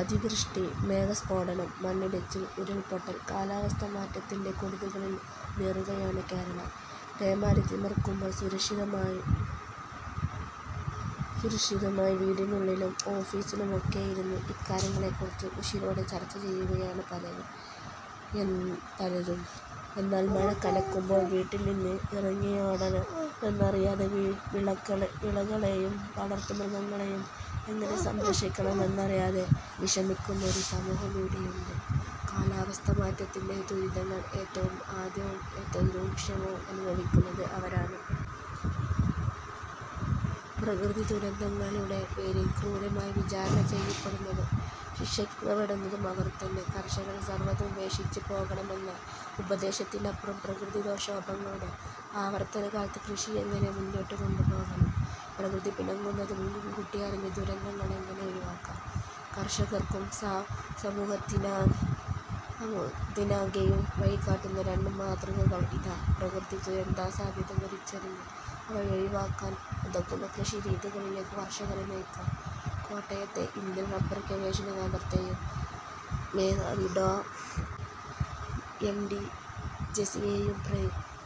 അതിവൃഷ്ടി, മേഘസ്ഫോടനം, മണ്ണിടിച്ചിൽ, ഉരുൾപൊട്ടൽ കാലാവസ്ഥാമാറ്റത്തിന്റെ കെടുതികളിൽ ഉഴറുകയാണ് കേരളം. പേമാരി തിമിർക്കുമ്പോൾ സുരക്ഷിതരായി വീടിനുള്ളിലും ഓഫിസിലുമൊക്കെയിരുന്ന് ഇക്കാര്യങ്ങളെക്കുറിച്ച് ഉശിരോടെ ചർച്ച ചെയ്യുകയാണ് പലരും. എന്നാൽ മഴ കനക്കുമ്പോൾ വീട്ടിൽനിന്ന് ഇറങ്ങി യോടണമോയെന്നറിയാതെ, വിളകളെയും വളർത്തുമൃഗങ്ങളെയും എങ്ങനെ സംരക്ഷിക്കണമെന്നറിയാതെ വിഷമിക്കുന്ന ഒരു സമൂഹവും ഇവിടെയുണ്ട്. കാലാവസ്ഥാമാറ്റത്തിന്റെ ദുരിതങ്ങൾ ഏറ്റവും ആദ്യവും ഏറ്റവും രൂക്ഷമായും അനുഭവിക്കുന്നത് അവരാണ്. പ്രകൃതിദുരന്തങ്ങളുടെ പേരിൽ ക്രൂരമായി വിചാരണ ചെയ്യപ്പെടുന്നതും ശിക്ഷിക്കപ്പെടുന്നതും അവർതന്നെ – കർഷകർ. സർവതും ഉപേക്ഷിച്ച് പോകണമെന്ന ഉപദേശത്തിനപ്പുറം പ്രകൃതിക്ഷോഭങ്ങളുടെ ആവർത്തനകാലത്ത് കൃഷി എങ്ങനെ മുന്നോട്ടുകൊണ്ടുപോകണം. പ്രകൃതി പിണങ്ങുന്നതു മുൻകൂട്ടിയറിഞ്ഞ് ദുരന്തങ്ങൾ എങ്ങനെ ഒഴിവാക്കാം. കർഷകർക്കും സമൂഹത്തിനാകെയും വഴികാട്ടുന്ന രണ്ടു മാതൃകകൾ ഇതാ. പ്രകൃതിദുരന്തസാധ്യത തിരിച്ചറിഞ്ഞ് അവയൊഴിവാക്കാൻ ഉതകുന്ന കൃഷിരീതികളിലേക്കു കർഷകരെ നയിക്കാൻ കോട്ടയത്തെ ഇന്ത്യൻ റബർ ഗവേഷണകേന്ദ്രത്തെയും മേധാവി ഡോ. എം. ഡി. ജെസിയെയും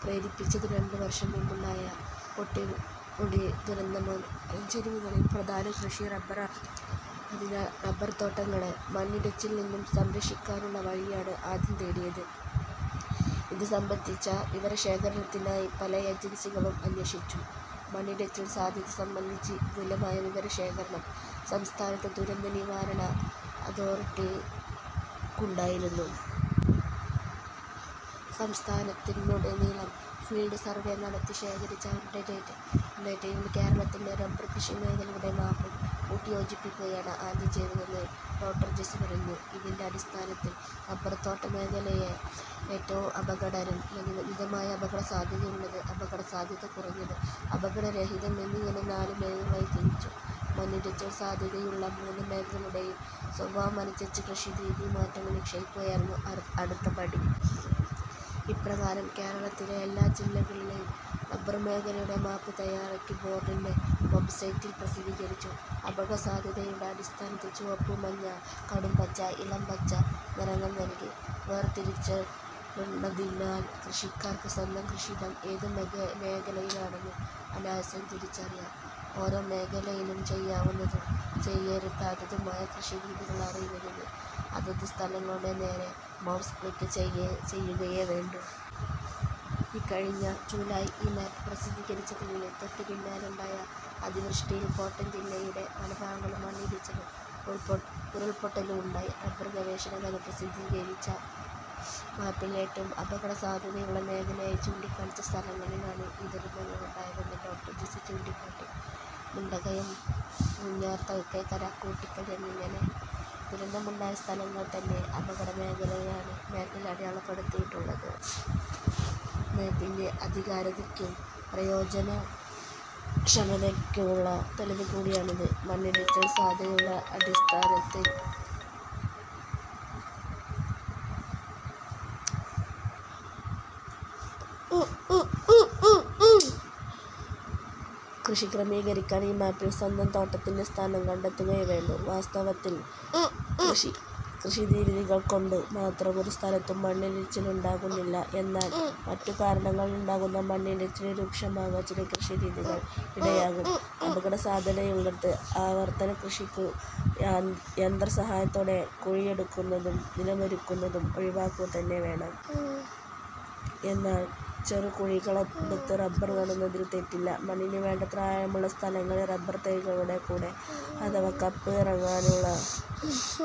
പ്രേരിപ്പിച്ചതു രണ്ടു വർഷം മുമ്പുണ്ടായ പെട്ടിമുടി ദുരന്തമാണ്. മലഞ്ചെരുവുകളിലെ പ്രധാന കൃഷി റബർ ആണല്ലോ. അതിനാൽ റബർതോട്ടങ്ങളെ മണ്ണിടിച്ചിലിൽനിന്നു സംരക്ഷിക്കാനുള്ള വഴിയാണ് ആദ്യം തേടിയത്. ഇതു സംബന്ധിച്ച വിവരശേഖരത്തിനായി പല ഏജൻസികളിലും അന്വേഷിച്ചു. മണ്ണിടിച്ചിൽ സാധ്യത സംബന്ധിച്ചു വിപുലമായ വിവരശേഖരം സംസ്ഥാന ദുരന്ത നിവാരണ അതോറിട്ടിക്കുണ്ടായിരുന്നു. സംസ്ഥാനത്തുടനീളം ഫീൽഡ് സർവേ നടത്തി ശേഖരിച്ച അവരുടെ ഡേറ്റയും കേരളത്തിന്റെ റബർകൃഷിമേഖലകളുടെ മാപ്പും കൂട്ടിയോജിപ്പിക്കുകയാണ് ആദ്യം ചെയ്തതെന്ന് ഡോ. ജെസി പറഞ്ഞു. ഇതിന്റെ അടിസ്ഥാനത്തിൽ റബർതോട്ടമേഖലയെ ഏറ്റവും അപകടകരം, മിതമായ അപകടസാധ്യതയുള്ളത്, അപകടസാധ്യത കുറഞ്ഞത്, അപകടരഹിതം എന്നിങ്ങനെ നാല് മേഖലകളായി തിരിച്ചു. മണ്ണിടിച്ചിൽ സാധ്യതയുള്ള മൂന്നു മേഖലകളുടെയും സ്വഭാവമനുസരിച്ച് കൃഷിരീതിമാറ്റങ്ങൾ നിശ്ചയിക്കുകയായിരുന്നു അടുത്ത പടി. ഇപ്രകാരം കേരളത്തിലെ എല്ലാ ജില്ലകളിലെയും റബർ മേഖലയുടെ മാപ്പ് തയാറാക്കി ബോർഡിന്റെ വെബ്സൈറ്റിൽ പ്രസിദ്ധീകരിച്ചു. അപകടസാധ്യതയുടെ അടിസ്ഥാനത്തിൽ ചുവപ്പ്, മഞ്ഞ, കടും പച്ച, ഇളം പച്ച നിറങ്ങൾ നൽകി വേർതിരിച്ചിട്ടുള്ളതിനാൽ കൃഷിക്കാർക്ക് സ്വന്തം കൃഷിയിടം ഏതു മേഖലയിലാണെന്ന് അനായാസം തിരിച്ചറിയാം. ഓരോ മേഖലയിലും ചെയ്യാവുന്നതും ചെയ്യരുതാത്തതുമായ കൃഷിരീതികൾ അറിയുന്നതിന് അതതു സ്ഥലങ്ങളുടെ നേരെ മൗസ് ക്ലിക് ചെയ്യുകയേ വേണ്ടൂ. ഇക്കഴിഞ്ഞ ജൂലൈയിൽ ഈ മാപ്പ് പ്രസിദ്ധീകരിച്ചതിനു തൊട്ടുപിന്നാലെയുണ്ടായ അതിവൃഷ്ടിയിൽ കോട്ടയം ജില്ലയുടെ പല ഭാഗങ്ങളിലും മണ്ണിടിച്ചിലും ഉരുൾപൊട്ടലുമുണ്ടായി. റബർ ഗവേഷണകേന്ദ്രം പ്രസിദ്ധീകരിച്ച മാപ്പിൽ ഏറ്റവും അപകടസാധ്യതയുള്ള മേഖലകളായി ചൂണ്ടിക്കാണിച്ച സ്ഥലങ്ങളിലാണ് ഈ ദുരന്തങ്ങളുണ്ടായ തെന്ന് ഡോ. ജെസി ചൂണ്ടിക്കാട്ടി. മുണ്ടക്കയം, പൂഞ്ഞാർ തെക്കേക്കര, കൂട്ടിക്കൽ എന്നിങ്ങനെ ദുരന്തമുണ്ടായ സ്ഥലങ്ങളെല്ലാംതന്നെ അപകടമേഖലകളായാണ് മാപ്പിൽ അടയാളപ്പെടുത്തിയിട്ടുള്ളത്. മാപ്പിന്റെ ആധികാരികതയ്ക്കും പ്രയോജനക്ഷമതയ്ക്കുമുള്ള തെളിവ് കൂടിയാണിത്. മണ്ണിടിച്ചിൽ സാധ്യതയുടെ അടിസ്ഥാനത്തിൽ കൃഷി ക്രമീകരിക്കാൻ ഈ മാപ്പിൽ സ്വന്തം തോട്ടത്തിന്റെ സ്ഥാനം കണ്ടെത്തുകയേ വേണ്ടൂ. വാസ്തവത്തിൽ കൃഷിരീതികൾകൊണ്ടു മാത്രം ഒരു സ്ഥലത്തും മണ്ണിടിച്ചിലുണ്ടാകുന്നില്ല. എന്നാൽ മറ്റു കാരണങ്ങളാലുണ്ടാകുന്ന മണ്ണിടിച്ചില് രൂക്ഷമാക്കാൻ ചില കൃഷിരീതികൾ ഇടയാക്കും. അപകടസാധ്യതയുള്ളിടത്ത് ആവർത്തനക്കൃഷിക്കു യന്ത്രസഹായത്തോടെ കുഴിയെടുക്കുന്നതും നിലമൊരുക്കുന്നതും ഒഴിവാക്കുകതന്നെ വേണം. എന്നാൽ ചെറുകുഴികളെടുത്ത് റബർ നടുന്നതിൽ തെറ്റില്ല. മണ്ണിനു വേണ്ടത്ര ആഴമുള്ള സ്ഥലങ്ങളിൽ റബർതൈകളുടെ കൂട അഥവാ കപ്പ് ഇറങ്ങാനുള്ള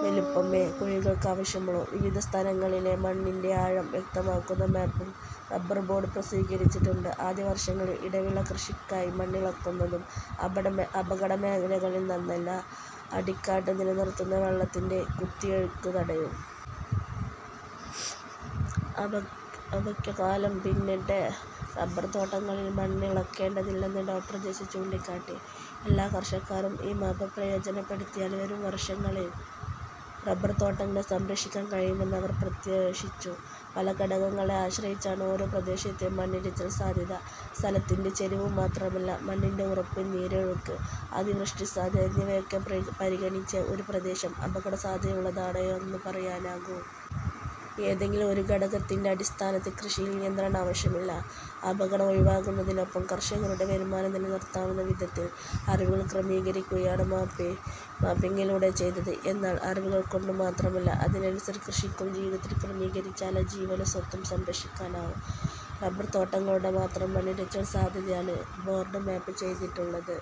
വലുപ്പമേ കുഴികൾക്ക് ആവശ്യമുള്ളൂ. വിവിധ സ്ഥലങ്ങളിലെ മണ്ണിന്റെ ആഴം വ്യക്തമാക്കുന്ന മാപ്പും റബർബോർഡ് പ്രസിദ്ധീകരിച്ചിട്ടുണ്ട്. ആദ്യവർഷങ്ങളിൽ ഇടവിളക്കൃഷിക്കായി മണ്ണിളക്കുന്നതും അപകടമേഖലകളിൽ നന്നല്ല. അടിക്കാട് നിലനിർത്തുന്നത് വെള്ളത്തിന്റെ കുത്തിയൊഴുക്ക് തടയും. അപക്വകാലം പിന്നിട്ട റബർതോട്ടങ്ങളിൽ മണ്ണിളക്കേണ്ടതില്ലെന്ന് ഡോ. ജെസി ചൂണ്ടിക്കാട്ടി. എല്ലാ കർഷകരും ഈ മാപ്പ് പ്രയോജനപ്പെടുത്തിയാൽ വരുംവർഷങ്ങളിൽ റബർതോട്ടങ്ങളെ സംരക്ഷിക്കാൻ കഴിയുമെന്ന് അവർ പ്രത്യാശിച്ചു. പല ഘടകങ്ങളെ ആശ്രയിച്ചാണ് ഓരോ പ്രദേശത്തെയും മണ്ണിടിച്ചിൽ സാധ്യത. സ്ഥലത്തിന്റെ ചെരിവ് മാത്രമല്ല, മണ്ണിന്റെ ഉറപ്പ്, നീരൊഴുക്ക്, അതിവൃഷ്ടിസാധ്യത എന്നിവയൊക്കെ പരിഗണിച്ചേ ഒരു പ്രദേശം അപകടസാധ്യതയുള്ളതാണോയെന്നു പറയാനാകൂ. ഏതെങ്കിലും ഒരു ഘടകത്തിന്റെ അടിസ്ഥാനത്തിൽ കൃഷിയിൽ നിയന്ത്രണം ആവശ്യമില്ല. അപകടം ഒഴിവാക്കുന്നതിനൊപ്പം കർഷകരുടെ വരുമാനം നിലനിർത്താനാവുന്ന വിധത്തിൽ അറിവുകൾ ക്രമീകരിക്കുകയാണ് മാപ്പിങ്ങിലൂടെ ചെയ്തത്. എന്നാൽ അറിവുകൾകൊണ്ടു മാത്രമായില്ല, അതിനനുസരിച്ച് കൃഷിയും ജീവിതവും ക്രമീകരിച്ചാലേ ജീവനും സ്വത്തും സംരക്ഷിക്കാനാകൂ. റബർതോട്ടങ്ങളുടെ മാത്രം മണ്ണിടിച്ചിൽ സാധ്യതയാണ് ബോർഡ് മാപ്പ് ചെയ്തിട്ടുള്ളത്.